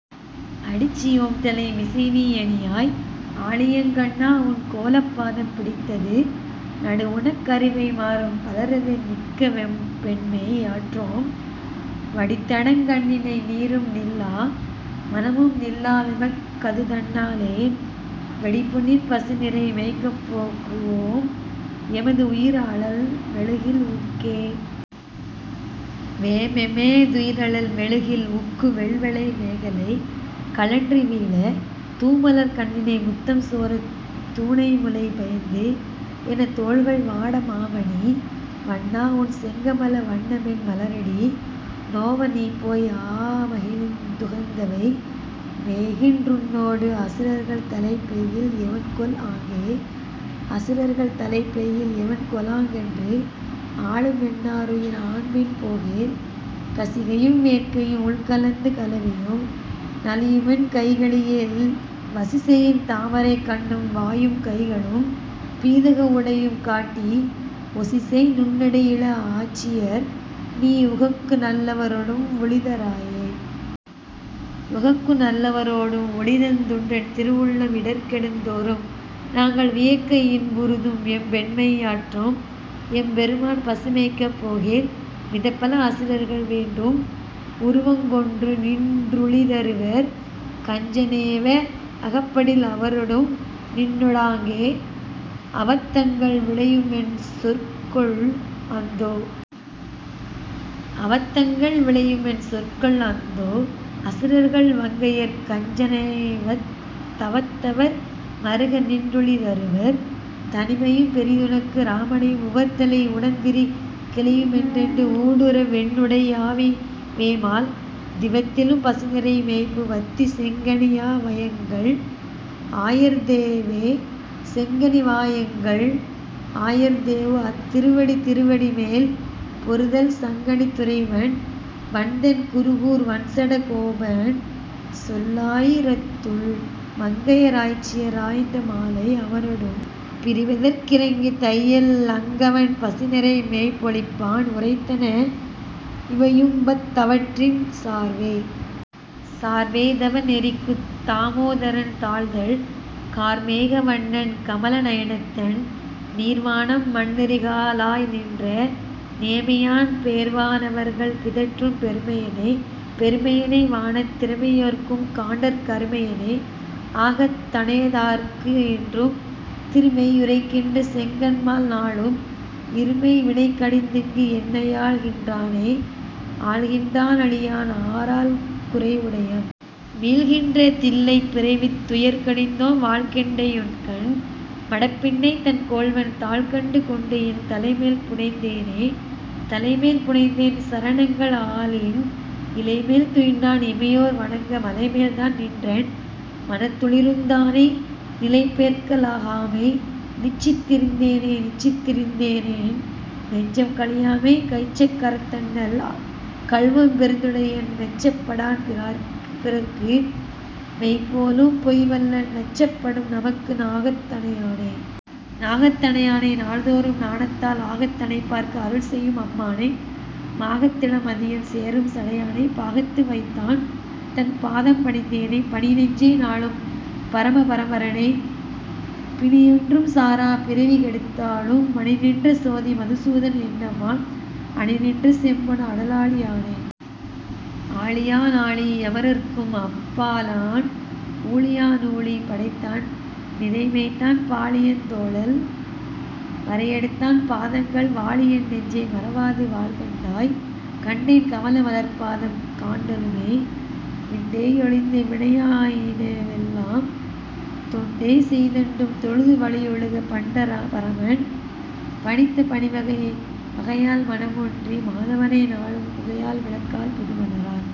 அடிச்சி யோம்தலை மிசைநீ யணியாய்। ஆழியங் கண்ணா. உன் கோலப் பாதம் பிடித்தது நடுவுனக் கரிவை மாரும் பலரது நிற்கவெம் பெண்மை யாற்றோம் வடித்தடங் கண்ணிணை நீரும் நில்லா மனமும்நில் லாவெமக் கதுதன் னாலே வெடிப்புநின் பசு நிரை மேய்க்கப் போக்கு வோம் எமது உயிர் அழல் மெழுகில் உக்கே.. வேமெம துயிரழல் மெழுகில் உக்கு வெள்வளை மேகலை கழன்று வீழ தூமலர்க் கண்ணிணை முத்தம் சோரத் தூணைமுலை பயந்து என தோள்கள் வாட மாமணி வண்ணா உன்செங்கமல வண்ணமென் மலரடி நோவ நீபோய் ஆமகிழ்ந் துகந்தவை மேய்க்கின் றுன்னோடு அசுரர்கள் தலைப்பெய்யில் எவன்கொல் ஆங்கே?. அசுரர்கள் தலைப்பெய்யில் எவன்கொ லாங்கென்று ஆழுமென் னாருயிர் ஆன்பின் போகேல் கசிகையும் வேட்கையும் உள்க லந்து கலவியும் நலியுமென் கைகழி யேல் வசிசெயுன் தாமரைக் கண்ணும் வாயும் கைகளும் பீதக வுடையும் காட்டி ஒசிசெய்நுண் ணிடையிள ஆய்ச்சி யர்நீ உகக்குநல் லவரொடும் உழித ராயே.. உகக்குநல் லவரொடும் உழிதந் துன்றன் திருவுள்ளம் இடர்கெடுந் தோறும் நாங்கள் வியக்க இன்புறுதும் எம்பெண்மை யாற்றோம் எம்பெரு மான். பசு மேய்க்கப் போகேல் மிதப்பல அசுரர்கள் வேண்டும் உருவங் கொண்டுநின் றுழிதருவர் கஞ்ச னேவ அகப்படில் அவரொடும் நின்னொ டாங்கே அவத்தங்கள் விளையுமென் சொற்கொள் அந்தோ.. அவத்தங்கள் விளையுமென் சொற்கொள் அந்தோ. அசுரர்கள் வங்கையர் கஞ்ச னேவத் தவத்தவர் மறுக நின்றுழி தருவர் தனிமையும் பெரிதுனக்கு இராமனையும் உவர்த்தலை உடந்திரி கிலையு மென்றென்று ஊடுற வென்னுடை யாவிவேமால் திவத்திலும் பசுநிரை மேய்ப்பு வத்தி செங்கனி வாயெங்கள் ஆயர் தேவே.. செங்கனி வாயெங்கள் ஆயர் தேவு அத்திருவடி திருவடி மேல் பொ ருநல் சங்கணி துறைவன் வண்தென் குருகூர் வண்சட கோபன்சொல் லாயி ரத்துள் மங்கைய ராய்ச்சிய ராய்ந்த மாலை அவனொடும் பிரிவதற் கிரங்கி தையல் அங்கவன் பசுநிரை மேய்ப்பொ ழிப்பான் உரைத்தன இவையும்பத் தவற்றின் சார்வே. சார்வேதவ நெறிக்குத் தாமோதரன் தாள்தள், கார்மேக வண்ணன் கமல நயனத்தன், நீர்வானம் மண்ணெரிகா லாய்நின்ற நேமியான், பேர்வா னவர்கள் பிதற்றும் பெருமையனே.. பெருமையனே வானத் திமையோர்க்கும் காண்டற் கருமையனே ஆகத் தணையாதார்க்கு என்றும் திருமெய் யுறைகின்ற செங்கண்மால் நாளும் இருமை வினைகடிந்திங்கு என்னையாள் கின்றானே.. ஆள்கின்றா னாழியான் ஆரால் குறைவுடையம்? மீள்கின்ற தில்லைப் பிறவித் துயர்கடிந்தோம், வாள்கெண்டையொண்கண் மடப்பின்னை தன் கோள்வன், தாள்கண்டு கொண்டு என் தலைமேல் புனைந்தேனே.. தலைமேல் புனைந்தேன் சரணங்கள் ஆலின் இலைமேல் துயின்றான் இமையோர் வணங்க மலைமேல்தான் நின்றென் மனத்து ளிருந்தானை நிலைபேர்க்க லாகாமை நிச்சித் திருந்தேனே.. நிச்சித் திருந்தேனென் நெஞ்சம் கழியாமை கைச்சக் கரத்தண்ணல் கள்வம் பெரிதுடையன் மெச்சப் படான்பிறர்க்கு மெய்போலும் பொய்வல்லன் நச்சப் படும்நமக்கு நாகத் தணையானே.. நாகத் தணையானை நாள்தோறும் ஞானத்தால் ஆகத் தணைப்பார்க்கு அருள்செய்யும் அம்மானை மாகத் திள மதியம் சேரும் சடையானை பாகத்து வைத்தான் தன் பாதம் பணிந்தேனே.. பணிநெஞ்சே. நாளும் பரம பரம்பரனை பிணியொன்றும் சாரா பிறவி கெடுத்தாளும் மணிநின்ற சோதி மதுசூதன் என்னம்மான் அணிநின்ற செம்பொன் அடலாழி யானே.. ஆழியா னாழி யமரர்க்கும் அப்பாலான் ஊழியா னூழி படைத்தான் நிரைமேய்த்தான் பாழியந் தோளால் வரையெடுத்தான் பாதங்கள் வாழியென் நெஞ்சே. மறவாது வாழ்கண்டாய்.. கண்டேன் கமல மலர்ப்பாதம் காண்டலுமே விண்டே யொழிந்த வினையா யினவெல்லாம் தொண்டேசெய் தென்றும் தொழுது வழியொழுக பண்டே பரமன் பணித்த பணிவகையே.. வகையால் மனமொன்றி மாதவனை நாளும் புகையால் விளக்கால் புதுமலரால்